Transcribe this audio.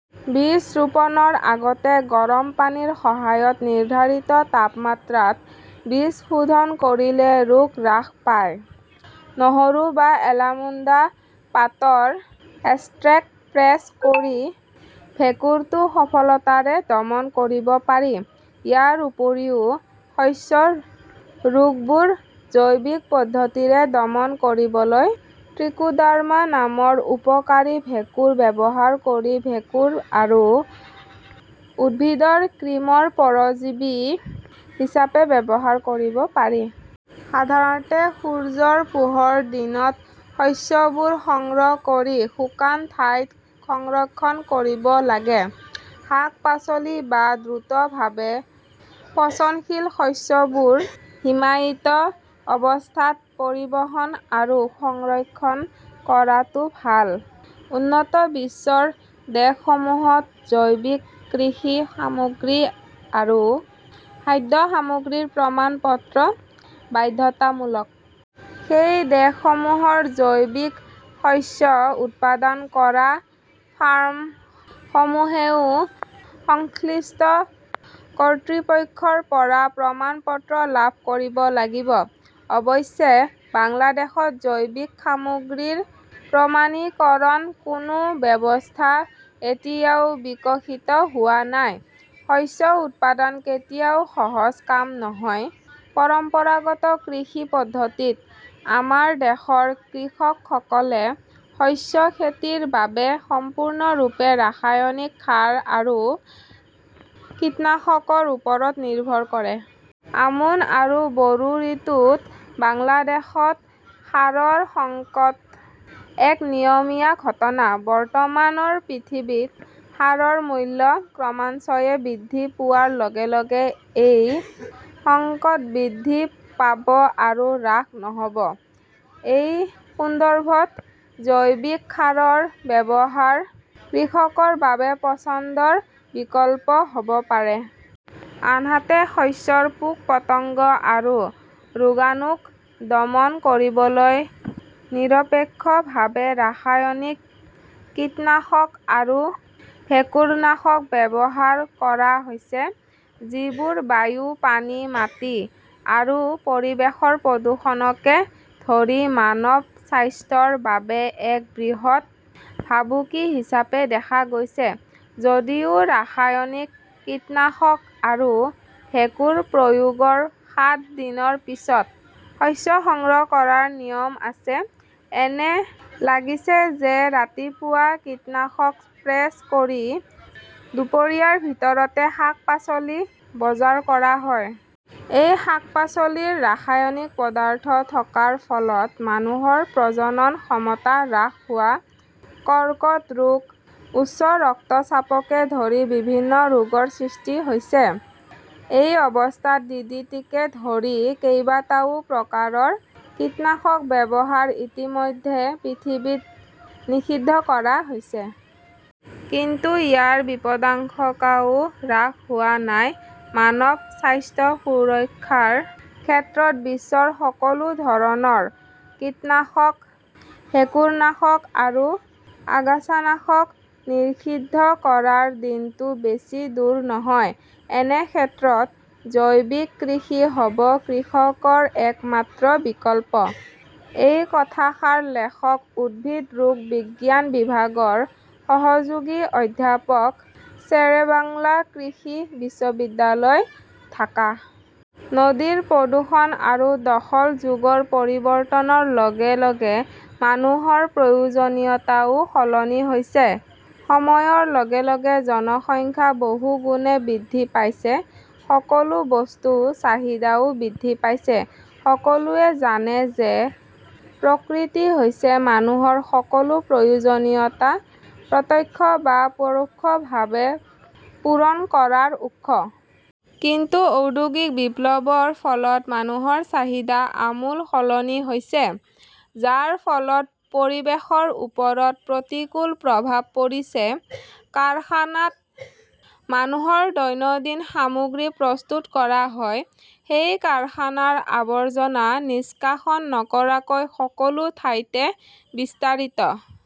বীজ ৰোপণৰ আগতে গৰম পানীৰ সহায়ত নিৰ্ধাৰিত তাপমাত্ৰাত বীজ শোধন কৰিলে ৰোগ হ্ৰাস পায়। নহৰু বা এলামুণ্ডা পাতৰ এষ্ট্ৰেক্ট স্প্ৰে কৰি ভেঁকুৰটো সফলতাৰে দমন কৰিব পাৰি। ইয়াৰ উপৰিও শস্যৰ ৰোগবোৰ জৈৱিক পদ্ধতিৰে দমন কৰিবলৈ ত্ৰিকোডাৰ্মা নামৰ উপকাৰী ভেঁকুৰ ব্যৱহাৰ কৰি ভেঁকুৰ আৰু উদ্ভিদৰ কৃমিৰ পৰজীৱী হিচাপে ব্যৱহাৰ কৰিব পাৰি। সাধাৰণতে সূৰ্যৰ পোহৰ দিনত শস্যবোৰ সংগ্ৰহ কৰি শুকান ঠাইত সংৰক্ষণ কৰিব লাগে। শাক-পাচলি আৰু দ্ৰুতভাৱে পচনশীল শস্যবোৰ হিমায়িত অৱস্থাত পৰিবহণ আৰু সংৰক্ষণ কৰাটো ভাল। উন্নত বিশ্বৰ দেশসমূহত জৈৱিক কৃষি সামগ্ৰী আৰু খাদ্য সামগ্ৰীৰ প্ৰমাণপত্ৰ বাধ্যতামূলক। সেই দেশসমূহৰ জৈৱিক শস্য উৎপাদন কৰা ফাৰ্মসমূহেও সংশ্লিষ্ট কৰ্তৃপক্ষৰ পৰা প্ৰমাণপত্ৰ লাভ কৰিব লাগিব। অৱশ্যে, বাংলাদেশত জৈৱিক সামগ্ৰীৰ প্ৰমাণীকৰণৰ কোনো ব্যৱস্থা এতিয়াও বিকশিত হোৱা নাই। শস্য উৎপাদন কেতিয়াও সহজ কাম নহয়। পৰম্পৰাগত কৃষি পদ্ধতিত, আমাৰ দেশৰ কৃষকসকলে শস্য খেতিৰ বাবে সম্পূৰ্ণৰূপে ৰাসায়নিক সাৰ আৰু কীটনাশকৰ ওপৰত নিৰ্ভৰ কৰে। আমোন আৰু বৰো ঋতুত বাংলাদেশত সাৰৰ সংকট এক নিয়মীয়া ঘটনা। বৰ্তমানৰ পৃথিৱীত সাৰৰ মূল্য ক্ৰমান্বয়ে বৃদ্ধি পোৱাৰ লগে লগে এই সংকট বৃদ্ধি পাব আৰু হ্ৰাস নহ'ব। এই সন্দৰ্ভত জৈৱিক সাৰৰ ব্যৱহাৰ কৃষকৰ বাবে পছন্দৰ বিকল্প হ'ব পাৰে। আনহাতে, শস্যৰ পোক-পতংগ আৰু ৰোগাণুক দমন কৰিবলৈ নিৰপেক্ষভাৱে ৰাসায়নিক কীটনাশক আৰু ভেঁকুৰনাশক ব্যৱহাৰ কৰা হৈছে, যিবোৰ বায়ু, পানী, মাটি আৰু পৰিৱেশৰ প্ৰদূষণকে ধৰি মানৱ স্বাস্থ্যৰ বাবে এক বৃহৎ ভাবুকি হিচাপে দেখা গৈছে। যদিও ৰাসায়নিক কীটনাশক আৰু ভেঁকুৰ প্ৰয়োগৰ সাত দিনৰ পিছত শস্য সংগ্ৰহ কৰাৰ নিয়ম আছে, এনে লাগিছে যে ৰাতিপুৱা কীটনাশক স্প্ৰে কৰি দুপৰীয়াৰ ভিতৰতে শাক-পাচলি বজাৰ কৰা হয়। এই শাক-পাচলিৰ ৰাসায়নিক পদাৰ্থ থকাৰ ফলত মানুহৰ প্ৰজনন ক্ষমতা হ্ৰাস হোৱা, কৰ্কট ৰোগ, উচ্চ ৰক্তচাপকে ধৰি বিভিন্ন ৰোগৰ সৃষ্টি হৈছে। এই অৱস্থাত ডিডিটিকে ধৰি কেইবাটাও প্ৰকাৰৰ কীটনাশক ব্যৱহাৰ ইতিমধ্যে পৃথিৱীত নিষিদ্ধ কৰা হৈছে। কিন্তু ইয়াৰ বিপদাশংকাও হ্ৰাস হোৱা নাই। মানৱ স্বাস্থ্য সুৰক্ষাৰ ক্ষেত্ৰত বিশ্বৰ সকলো ধৰণৰ কীটনাশক, ভেঁকুৰনাশক আৰু আগাছানাশক নিষিদ্ধ কৰাৰ দিনটো বেছি দূৰ নহয়। এনে ক্ষেত্ৰত জৈৱিক কৃষি হ'ব কৃষকৰ একমাত্ৰ বিকল্প । -এই কথাষাৰ লেখক উদ্ভিদ ৰোগ বিজ্ঞান বিভাগৰ সহযোগী অধ্যাপক শ্বেৰেবাংলা কৃষি বিশ্ববিদ্যালয়, ঢাকা । নদীৰ প্ৰদূষণ আৰু দখল যুগৰ পৰিৱৰ্তনৰ লগে লগে মানুহৰ প্ৰয়োজনীয়তাও সলনি হৈছে। সময়ৰ লগে লগে জনসংখ্যা বহুগুণে বৃদ্ধি পাইছে। সকলো বস্তুৰ চাহিদাও বৃদ্ধি পাইছে। সকলোৱে জানে যে প্ৰকৃতি হৈছে মানুহৰ সকলো প্ৰয়োজনীয়তা প্ৰত্যক্ষ বা প্ৰৰোক্ষভাৱে পূৰণ কৰাৰ উৎস। কিন্তু ঔদ্যোগিক বিপ্লৱৰ ফলত মানুহৰ চাহিদা আমূল সলনি হৈছে, যাৰ ফলত পৰিৱেশৰ ওপৰত প্ৰতিকূল প্ৰভাৱ পৰিছে। কাৰখানাত মানুহৰ দৈনন্দিন সামগ্ৰী প্ৰস্তুত কৰা হয়। সেই কাৰখানাৰ আৱৰ্জনা নিষ্কাশন নকৰাকৈ সকলো ঠাইতে বিস্তাৰিত